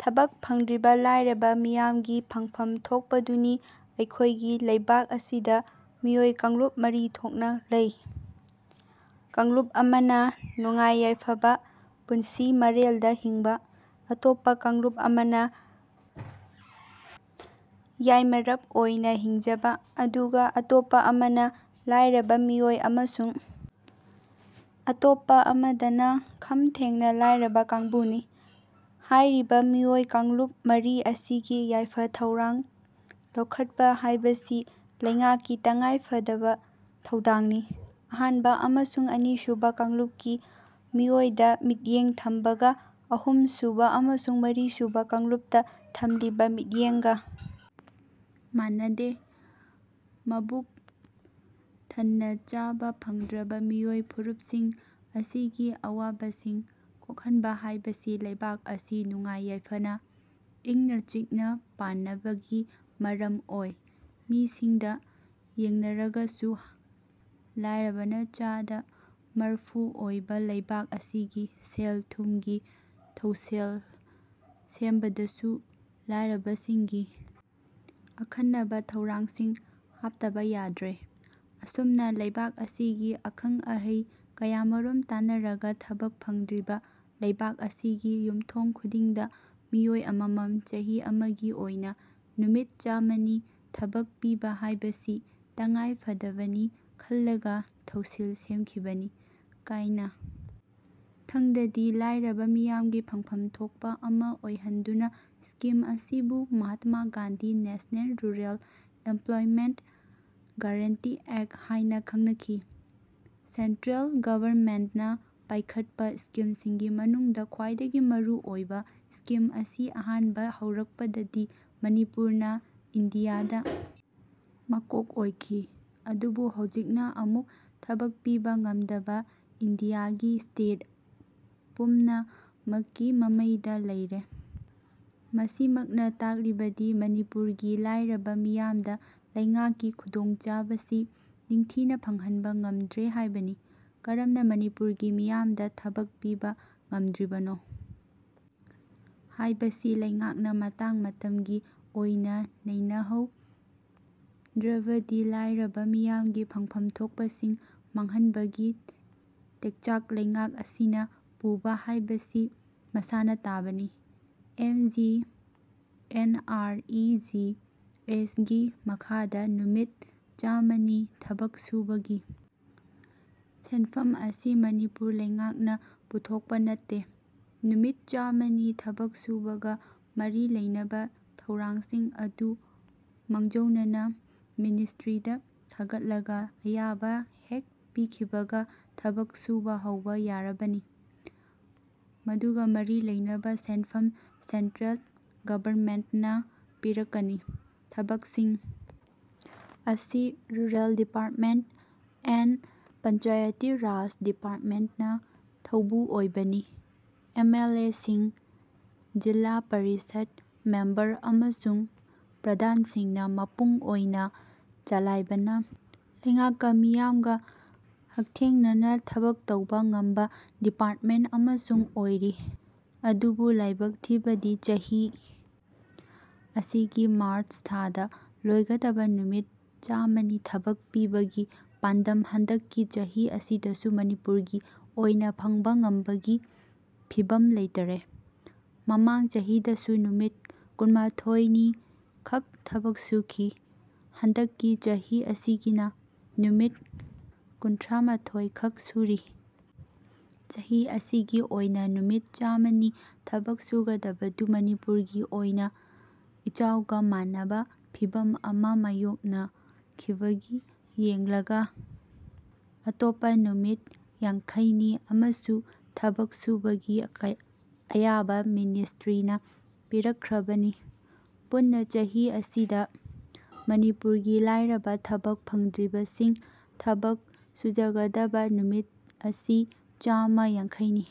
ꯊꯕꯛ ꯐꯪꯗ꯭ꯔꯤꯕ ꯂꯥꯏꯔꯕ ꯃꯤꯌꯥꯝꯒꯤ ꯐꯪꯐꯝ ꯊꯣꯛꯄꯗꯨꯅꯤ ꯑꯩꯈꯣꯏꯒꯤ ꯂꯩꯕꯥꯛ ꯑꯁꯤꯗ ꯃꯤꯑꯣꯏ ꯀꯥꯡꯂꯨꯞ ꯃꯔꯤ ꯊꯣꯛꯅ ꯂꯩ꯫ ꯀꯥꯡꯂꯨꯞ ꯑꯃꯅ ꯅꯨꯡꯉꯥꯏ ꯌꯥꯏꯐꯕ ꯄꯨꯟꯁꯤ ꯃꯔꯦꯜꯗ ꯍꯤꯡꯕ, ꯑꯇꯣꯞꯄ ꯀꯥꯡꯂꯨꯞ ꯑꯃꯅ ꯌꯥꯏꯃꯔꯞ ꯑꯣꯏꯅ ꯍꯤꯡꯖꯕ, ꯑꯗꯨꯒ ꯑꯇꯣꯞꯄ ꯑꯃꯅ ꯂꯥꯏꯔꯕ ꯃꯤꯑꯣꯏ ꯑꯃꯁꯨꯡ ꯑꯇꯣꯞꯄ ꯑꯃꯗꯅ ꯈꯝ ꯊꯦꯡꯅ ꯂꯥꯏꯔꯕ ꯀꯥꯡꯕꯨꯅꯤ꯫ ꯍꯥꯏꯔꯤꯕ ꯃꯤꯑꯣꯏ ꯀꯥꯡꯂꯨꯞ ꯃꯔꯤ ꯑꯁꯤꯒꯤ ꯌꯥꯏꯐ ꯊꯧꯔꯥꯡ ꯂꯧꯈꯠꯄ ꯍꯥꯏꯕꯁꯤ ꯂꯩꯉꯥꯛꯀꯤ ꯇꯉꯥꯏ ꯐꯗꯕ ꯊꯧꯗꯥꯡꯅꯤ꯫ ꯑꯍꯥꯟꯕ ꯑꯃꯁꯨꯡ ꯑꯅꯤꯁꯨꯕ ꯀꯥꯡꯂꯨꯞꯀꯤ ꯃꯤꯑꯣꯏꯗ ꯃꯤꯠꯌꯦꯡ ꯊꯝꯕꯒ ꯑꯍꯨꯝ ꯁꯨꯕ ꯑꯃꯁꯨꯡ ꯃꯔꯤꯁꯨꯕ ꯀꯥꯡꯂꯨꯞꯇ ꯊꯝꯂꯤꯕ ꯃꯤꯠꯌꯦꯡꯒ ꯃꯥꯟꯅꯗꯦ꯫ ꯃꯕꯨꯛ ꯊꯟꯅ ꯆꯥꯕ ꯐꯪꯗ꯭ꯔꯕ ꯃꯤꯑꯣꯏ ꯐꯨꯔꯨꯞꯁꯤꯡ ꯑꯁꯤꯒꯤ ꯑꯋꯥꯕꯁꯤꯡ ꯀꯣꯛꯍꯟꯕ ꯍꯥꯏꯕꯁꯤ ꯂꯩꯕꯥꯛ ꯑꯁꯤ ꯅꯨꯡꯉꯥꯏ ꯌꯥꯏꯐꯅ, ꯏꯪꯅ ꯆꯤꯛꯅ ꯄꯥꯟꯅꯕꯒꯤ ꯃꯔꯝ ꯑꯣꯏ꯫ ꯃꯤꯁꯤꯡꯗ ꯌꯦꯡꯅꯔꯒꯁꯨ ꯂꯥꯏꯔꯕꯅ ꯆꯥꯗ ꯃꯔꯐꯨ ꯑꯣꯏꯕ ꯂꯩꯕꯥꯛ ꯑꯁꯤꯒꯤ ꯁꯦꯜ ꯊꯨꯝꯒꯤ ꯊꯧꯁꯤꯜ ꯁꯦꯝꯕꯗꯁꯨ ꯂꯥꯏꯔꯕꯁꯤꯡꯒꯤ ꯑꯈꯟꯅꯕ ꯊꯧꯔꯥꯡꯁꯤꯡ ꯍꯥꯞꯇꯕ ꯌꯥꯗ꯭ꯔꯦ꯫ ꯑꯁꯨꯝꯅ ꯂꯩꯕꯥꯛ ꯑꯁꯤꯒꯤ ꯑꯈꯪ ꯑꯍꯩ ꯀꯌꯥꯃꯔꯨꯝ ꯇꯥꯟꯅꯔꯒ ꯊꯕꯛ ꯐꯪꯗ꯭ꯔꯤꯕ ꯂꯩꯕꯥꯛ ꯑꯁꯤꯒꯤ ꯌꯨꯝꯊꯣꯡ ꯈꯨꯗꯤꯡꯗ ꯃꯤꯑꯣꯏ ꯑꯃꯃꯝ ꯆꯍꯤ ꯑꯃꯒꯤ ꯑꯣꯏꯅ ꯅꯨꯃꯤꯠ ꯆꯥꯝꯃꯅꯤ ꯊꯕꯛ ꯄꯤꯕ ꯍꯥꯏꯕꯁꯤ ꯇꯉꯥꯏ ꯐꯗꯕꯅꯤ ꯈꯜꯂꯒ ꯊꯧꯁꯤꯜ ꯁꯦꯝꯈꯤꯕꯅꯤ꯫ ꯀꯥꯏꯅ ꯊꯪꯗꯗꯤ ꯂꯥꯏꯔꯕ ꯃꯤꯌꯥꯝꯒꯤ ꯐꯪꯐꯝ ꯊꯣꯛꯄ ꯑꯃ ꯑꯣꯏꯍꯟꯗꯨꯅ ꯁ꯭ꯀꯤꯝ ꯑꯁꯤꯕꯨ Mahatma Gandhi National Rural Employment Guarantee Act ꯍꯥꯏꯅ ꯈꯪꯅꯈꯤ꯫ ꯁꯦꯟꯇ꯭ꯔꯦꯜ ꯒꯚꯔꯟꯃꯦꯟꯠꯅ ꯄꯥꯏꯈꯠꯄ ꯁ꯭ꯀꯤꯝꯁꯤꯡꯒꯤ ꯃꯅꯨꯡꯗ ꯈ꯭ꯋꯥꯏꯗꯒꯤ ꯃꯔꯨ ꯑꯣꯏꯕ ꯁ꯭ꯀꯤꯝ ꯑꯁꯤ ꯑꯍꯥꯟꯕ ꯍꯧꯔꯛ ꯄꯗꯗꯤ ꯃꯅꯤꯄꯨꯔꯅ ꯏꯟꯗꯤꯌꯥꯗ ꯃꯀꯣꯛ ꯑꯣꯏꯈꯤ꯫ ꯑꯗꯨꯕꯨ ꯍꯧꯖꯤꯛꯅ ꯑꯃꯨꯛ ꯊꯕꯛ ꯄꯤꯕ ꯉꯝꯗꯕ ꯏꯟꯗꯤꯌꯥꯒꯤ ꯁ꯭ꯇꯦꯠ ꯄꯨꯝꯅ ꯃꯛꯀꯤ ꯃꯃꯩꯗ ꯂꯩꯔꯦ꯫ ꯃꯁꯤ ꯃꯛꯅ ꯇꯥꯛꯂꯤꯕꯗꯤ ꯃꯅꯤꯄꯨꯔꯒꯤ ꯂꯥꯏꯔꯕ ꯃꯤꯌꯥꯝꯗ ꯂꯩꯉꯥꯛꯀꯤ ꯈꯨꯗꯣꯡ ꯆꯥꯕꯁꯤ ꯅꯤꯡꯊꯤꯅ ꯐꯪꯍꯟꯕ ꯉꯝꯗ꯭ꯔꯦ ꯍꯥꯏꯕꯅꯤ꯫ ꯀꯔꯝꯅ ꯃꯅꯤꯄꯨꯔꯒꯤ ꯃꯤꯌꯥꯝꯗ ꯊꯕꯛ ꯄꯤꯕ ꯉꯝꯗ꯭ꯔꯤꯕꯅꯣ ꯍꯥꯏꯕꯁꯤ ꯂꯩꯉꯥꯛꯅ ꯃꯇꯥꯡ ꯃꯇꯝꯒꯤ ꯑꯣꯏꯅ ꯅꯩꯅ ꯍꯧ ꯗ꯭ꯔꯕꯗꯤ ꯂꯥꯏꯔꯕ ꯃꯤꯌꯥꯝꯒꯤ ꯐꯪꯐꯝ ꯊꯣꯛꯄꯁꯤꯡ ꯃꯥꯡꯍꯟꯕꯒꯤ ꯇꯦꯛꯆꯥꯛ ꯂꯩꯉꯥꯛ ꯑꯁꯤꯅ ꯄꯨꯕ ꯍꯥꯏꯕꯁꯤ ꯃꯁꯥꯅ ꯇꯥꯕꯅꯤ꯫ M G N R E G ꯑꯦꯁꯒꯤ ꯃꯈꯥꯗ ꯅꯨꯃꯤꯠ ꯆꯥꯃ ꯅꯤ ꯊꯕꯛ ꯁꯨꯕꯒꯤ ꯁꯦꯟꯐꯝ ꯑꯁꯤ ꯃꯅꯤꯄꯨꯔ ꯂꯩꯉꯥꯛꯅ ꯄꯨꯊꯣꯛꯄ ꯅꯠꯇꯦ꯫ ꯅꯨꯃꯤꯠ ꯆꯥꯃ ꯅꯤ ꯊꯕꯛ ꯁꯨꯕꯒ ꯃꯔꯤ ꯂꯩꯅꯕ ꯊꯧꯔꯥꯡꯁꯤꯡ ꯑꯗꯨ ꯃꯥꯡꯖꯧꯅꯅ ꯃꯤꯅꯤꯁ꯭ꯇ꯭ꯔꯤꯗ ꯊꯥꯒꯠꯂꯒ ꯑꯌꯥꯕ ꯍꯦꯛ ꯄꯤꯈꯤꯕꯒ ꯊꯕꯛ ꯁꯨꯕ ꯍꯧꯕ ꯌꯥꯔꯕꯅꯤ꯫ ꯃꯗꯨꯒ ꯃꯔꯤ ꯂꯩꯅꯕ ꯁꯦꯟꯐꯝ ꯁꯦꯟꯇ꯭ꯔꯦꯜ ꯒꯚꯔꯟꯃꯦꯟꯠꯅ ꯄꯤꯔꯛꯀꯅꯤ꯫ ꯊꯕꯛꯁꯤꯡ ꯑꯁꯤ rural development and Panchayati Raj ꯗꯤꯄꯥꯔꯃꯦꯟꯠꯅ ꯊꯧꯕꯨ ꯑꯣꯏꯕꯅꯤ꯫ ꯑꯦꯝ ꯑꯦꯜ ꯑꯦꯁꯤꯡ, ꯖꯤꯜꯂꯥ ꯄꯔꯤꯁꯗ ꯃꯦꯝꯕꯔ ꯑꯃꯁꯨꯡ ꯄ꯭ꯔꯙꯥꯟꯁꯤꯡꯅ ꯃꯄꯨꯡ ꯑꯣꯏꯅ ꯆꯂꯥꯏꯕꯅ ꯂꯩꯉꯥꯛꯀ ꯃꯤꯌꯥꯝꯒ ꯍꯛꯊꯦꯡꯅꯅ ꯊꯕꯛ ꯇꯧꯕ ꯉꯝꯕ ꯗꯤꯄꯥꯔꯠꯃꯦꯟꯠ ꯑꯃꯁꯨ ꯑꯣꯏꯔꯤ꯫ ꯑꯗꯨꯕꯨ ꯂꯥꯏꯕꯛ ꯊꯤꯕꯗꯤ ꯆꯍꯤ ꯑꯁꯤꯒꯤ ꯃꯥꯔꯆ ꯊꯥꯗ ꯂꯣꯏꯒꯗꯕ ꯅꯨꯃꯤꯠ ꯆꯥꯃꯅꯤ ꯊꯕꯛ ꯄꯤꯕꯒꯤ ꯄꯥꯟꯗꯝ ꯍꯟꯗꯛꯀꯤ ꯆꯍꯤ ꯑꯁꯤꯗꯁꯨ ꯃꯅꯤꯄꯨꯔꯒꯤ ꯑꯣꯏꯅ ꯐꯪꯕ ꯉꯝꯕꯒꯤ ꯐꯤꯚꯝ ꯂꯩꯇꯔꯦ꯫ ꯃꯃꯥꯡ ꯆꯍꯤꯗꯁꯨ ꯅꯨꯃꯤꯠ ꯀꯨꯟꯃꯊꫭꯏ ꯅꯤ ꯈꯛ ꯊꯕꯛ ꯁꯨꯈꯤ꯫ ꯍꯟꯗꯛꯀꯤ ꯆꯍꯤ ꯑꯁꯤꯒꯤꯅ ꯅꯨꯃꯤꯠ ꯀꯨꯟꯊ꯭ꯔꯥꯃꯊꫭꯏ ꯈꯛ ꯁꯨꯔꯤ꯫ ꯆꯍꯤ ꯑꯁꯤꯒꯤ ꯑꯣꯏꯅ ꯅꯨꯃꯤꯠ ꯆꯥꯃ ꯅꯤ ꯊꯕꯛ ꯁꯨꯒꯗꯕꯗꯨ ꯃꯅꯤꯄꯨꯔꯒꯤ ꯑꯣꯏꯅ ꯏꯆꯥꯎꯒ ꯃꯥꯟꯅꯕ ꯐꯤꯚꯝ ꯑꯃ ꯃꯥꯌꯣꯛꯅ ꯈꯤꯕꯒꯤ ꯌꯦꯡꯂꯒ ꯑꯇꯣꯞꯄ ꯅꯨꯃꯤꯠ ꯌꯥꯡꯈꯩ ꯅꯤ ꯑꯃꯁꯨ ꯊꯕꯛ ꯁꯨꯕꯒꯤ ꯑꯌꯥꯕ ꯃꯤꯅꯤꯁ꯭ꯇ꯭ꯔꯤꯅ ꯄꯤꯔꯛ ꯈ꯭ꯔꯕꯅꯤ꯫ ꯄꯨꯟꯅ ꯆꯍꯤ ꯑꯁꯤꯗ ꯃꯅꯤꯄꯨꯔꯒꯤ ꯂꯥꯏꯔꯕ ꯊꯕꯛ ꯐꯪꯗ꯭ꯔꯤꯕꯁꯤꯡ ꯊꯕꯛ ꯁꯨꯖꯒꯗꯕ ꯅꯨꯃꯤꯠ ꯑꯁꯤ ꯆꯥꯃ ꯌꯥꯡꯈꯩ ꯅꯤ꯫